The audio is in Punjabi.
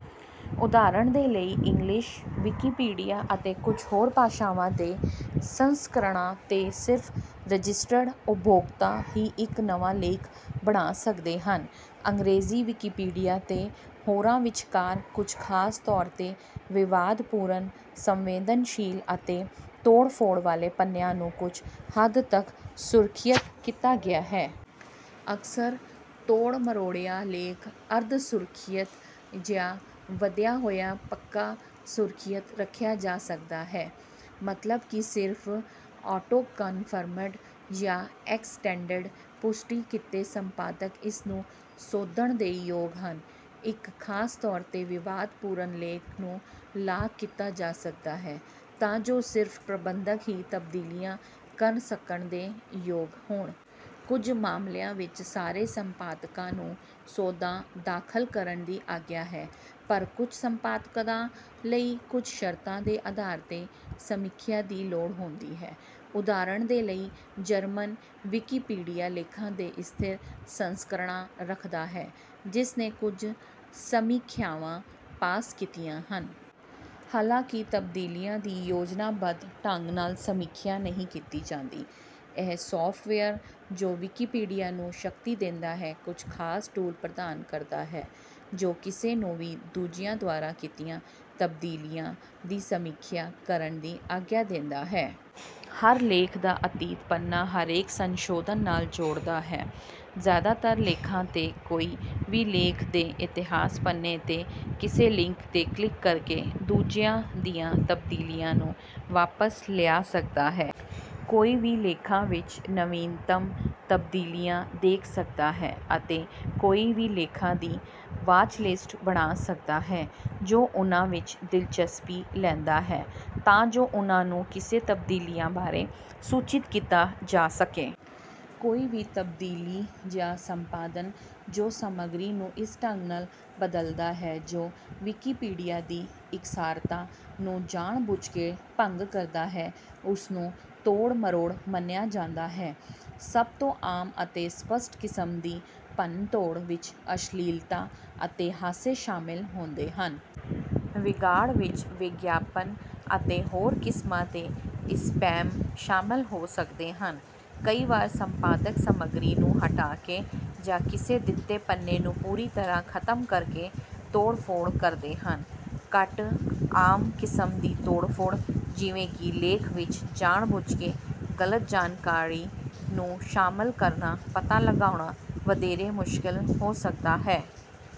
ਉਦਾਹਰਣ ਦੇ ਲਈ, ਇੰਗਲਿਸ਼ ਵਿਕੀਪੀਡੀਆ ਅਤੇ ਕੁਝ ਹੋਰ ਭਾਸ਼ਾਵਾਂ ਦੇ ਸੰਸਕਰਣਾਂ ਤੇ, ਸਿਰਫ ਰਜਿਸਟਰਡ ਉਪਭੋਗਤਾ ਹੀ ਇੱਕ ਨਵਾਂ ਲੇਖ ਬਣਾ ਸਕਦੇ ਹਨ। ਅੰਗ੍ਰੇਜ਼ੀ ਵਿਕੀਪੀਡੀਆ 'ਤੇ, ਹੋਰਾਂ ਵਿਚਕਾਰ, ਕੁਝ ਖਾਸ ਤੌਰ' ਤੇ ਵਿਵਾਦਪੂਰਨ, ਸੰਵੇਦਨਸ਼ੀਲ ਅਤੇ/ਜਾਂ ਤੋੜ-ਫੋੜ ਵਾਲੇ ਪੰਨਿਆਂ ਨੂੰ ਕੁਝ ਹੱਦ ਤਕ ਸੁਰੱਖਿਅਤ ਕੀਤਾ ਗਿਆ ਹੈ। ਅਕਸਰ ਤੋੜ-ਮਰੋੜਿਆ ਲੇਖ ਅਰਧ-ਸੁਰੱਖਿਅਤ ਜਾਂ ਵਧਿਆ ਹੋਇਆ ਪੱਕਾ ਸੁਰੱਖਿਅਤ ਰੱਖਿਆ ਜਾ ਸਕਦਾ ਹੈ, ਮਤਲਬ ਕਿ ਸਿਰਫ ਆਟੋਕਨਫਰਮਡ ਜਾਂ ਐਕਸਟੈਂਡਡ ਪੁਸ਼ਟੀ ਕੀਤੇ ਸੰਪਾਦਕ ਇਸ ਨੂੰ ਸੋਧਣ ਦੇ ਯੋਗ ਹਨ। ਇੱਕ ਖਾਸ ਤੌਰ 'ਤੇ ਵਿਵਾਦਪੂਰਨ ਲੇਖ ਨੂੰ ਲਾਕ ਕੀਤਾ ਜਾ ਸਕਦਾ ਹੈ ਤਾਂ ਜੋ ਸਿਰਫ ਪ੍ਰਬੰਧਕ ਹੀ ਤਬਦੀਲੀਆਂ ਕਰ ਸਕਣ ਦੇ ਯੋਗ ਹੋਣ। ਕੁਝ ਮਾਮਲਿਆਂ ਵਿੱਚ, ਸਾਰੇ ਸੰਪਾਦਕਾਂ ਨੂੰ ਸੋਧਾਂ ਦਾਖਲ ਕਰਨ ਦੀ ਆਗਿਆ ਹੈ, ਪਰ ਕੁਝ ਸੰਪਾਦਕਾਂ ਲਈ ਕੁਝ ਸ਼ਰਤਾਂ ਦੇ ਅਧਾਰ ਤੇ ਸਮੀਖਿਆ ਦੀ ਲੋੜ ਹੁੰਦੀ ਹੈ। ਉਦਾਹਰਣ ਦੇ ਲਈ, ਜਰਮਨ ਵਿਕੀਪੀਡੀਆ ਲੇਖਾਂ ਦੇ "ਸਥਿਰ ਸੰਸਕਰਣਾਂ" ਰੱਖਦਾ ਹੈ, ਜਿਸ ਨੇ ਕੁਝ ਸਮੀਖਿਆਵਾਂ ਪਾਸ ਕੀਤੀਆਂ ਹਨ। ਹਾਲਾਂਕਿ ਤਬਦੀਲੀਆਂ ਦੀ ਯੋਜਨਾਬੱਧ ਢੰਗ ਨਾਲ ਸਮੀਖਿਆ ਨਹੀਂ ਕੀਤੀ ਜਾਂਦੀ, ਇਹ ਸੌਫਟਵੇਅਰ ਜੋ ਵਿਕੀਪੀਡੀਆ ਨੂੰ ਸ਼ਕਤੀ ਦਿੰਦਾ ਹੈ ਕੁਝ ਖਾਸ ਟੂਲ ਪ੍ਰਦਾਨ ਕਰਦਾ ਹੈ ਜੋ ਕਿਸੇ ਨੂੰ ਵੀ ਦੂਜਿਆਂ ਦੁਆਰਾ ਕੀਤੀਆਂ ਤਬਦੀਲੀਆਂ ਦੀ ਸਮੀਖਿਆ ਕਰਨ ਦੀ ਆਗਿਆ ਦਿੰਦਾ ਹੈ। ਹਰ ਲੇਖ ਦਾ "ਅਤੀਤ" ਪੰਨਾ ਹਰੇਕ ਸੰਸ਼ੋਧਨ ਨਾਲ ਜੋੜਦਾ ਹੈ। ਜ਼ਿਆਦਾਤਰ ਲੇਖਾਂ 'ਤੇ, ਕੋਈ ਵੀ ਲੇਖ ਦੇ ਇਤਿਹਾਸ ਪੰਨੇ' ਤੇ ਕਿਸੇ ਲਿੰਕ ਤੇ ਕਲਿਕ ਕਰਕੇ ਦੂਜਿਆਂ ਦੀਆਂ ਤਬਦੀਲੀਆਂ ਨੂੰ ਵਾਪਸ ਲਿਆ ਸਕਦਾ ਹੈ। ਕੋਈ ਵੀ ਲੇਖਾਂ ਵਿਚ ਨਵੀਨਤਮ ਤਬਦੀਲੀਆਂ ਦੇਖ ਸਕਦਾ ਹੈ, ਅਤੇ ਕੋਈ ਵੀ ਲੇਖਾਂ ਦੀ "ਵਾਚਲਿਸਟ" ਬਣਾ ਸਕਦਾ ਹੈ ਜੋ ਉਨ੍ਹਾਂ ਵਿਚ ਦਿਲਚਸਪੀ ਲੈਂਦਾ ਹੈ ਤਾਂ ਜੋ ਉਨ੍ਹਾਂ ਨੂੰ ਕਿਸੇ ਤਬਦੀਲੀਆਂ ਬਾਰੇ ਸੂਚਿਤ ਕੀਤਾ ਜਾ ਸਕੇ। ਕੋਈ ਵੀ ਤਬਦੀਲੀ ਜਾਂ ਸੰਪਾਦਨ ਜੋ ਸਮੱਗਰੀ ਨੂੰ ਇਸ ਢੰਗ ਨਾਲ ਬਦਲਦਾ ਹੈ ਜੋ ਵਿਕੀਪੀਡੀਆ ਦੀ ਇਕਸਾਰਤਾ ਨੂੰ ਜਾਣਬੁੱਝ ਕੇ ਭੰਗ ਕਰਦਾ ਹੈ, ਉਸ ਨੂੰ ਤੋੜ-ਮਰੋੜ ਮੰਨਿਆ ਜਾਂਦਾ ਹੈ। ਸਭ ਤੋਂ ਆਮ ਅਤੇ ਸਪੱਸ਼ਟ ਕਿਸਮ ਦੀ ਭੰਨਤੋੜ ਵਿਚ ਅਸ਼ਲੀਲਤਾ ਅਤੇ ਹਾਸੇ ਸ਼ਾਮਲ ਹੁੰਦੇ ਹਨ। ਵਿਗਾੜ ਵਿੱਚ ਵਿਗਿਆਪਨ ਅਤੇ ਹੋਰ ਕਿਸਮਾਂ ਦੇ ਸਪੈਮ ਸ਼ਾਮਲ ਹੋ ਸਕਦੇ ਹਨ। ਕਈ ਵਾਰ ਸੰਪਾਦਕ ਸਮਗਰੀ ਨੂੰ ਹਟਾ ਕੇ ਜਾਂ ਕਿਸੇ ਦਿੱਤੇ ਪੰਨੇ ਨੂੰ ਪੂਰੀ ਤਰ੍ਹਾਂ ਖਤਮ ਕਰਕੇ ਤੋੜ-ਫੋੜ ਕਰਦੇ ਹਨ। ਘੱਟ ਆਮ ਕਿਸਮ ਦੀ ਤੋੜ-ਫੋੜ, ਜਿਵੇਂ ਕਿ ਲੇਖ ਵਿਚ ਜਾਣਬੁੱਝ ਕੇ ਗਲਤ ਜਾਣਕਾਰੀ ਨੂੰ ਸ਼ਾਮਲ ਕਰਨਾ, ਪਤਾ ਲਗਾਉਣਾ ਵਧੇਰੇ ਮੁਸ਼ਕਲ ਹੋ ਸਕਦਾ ਹੈ।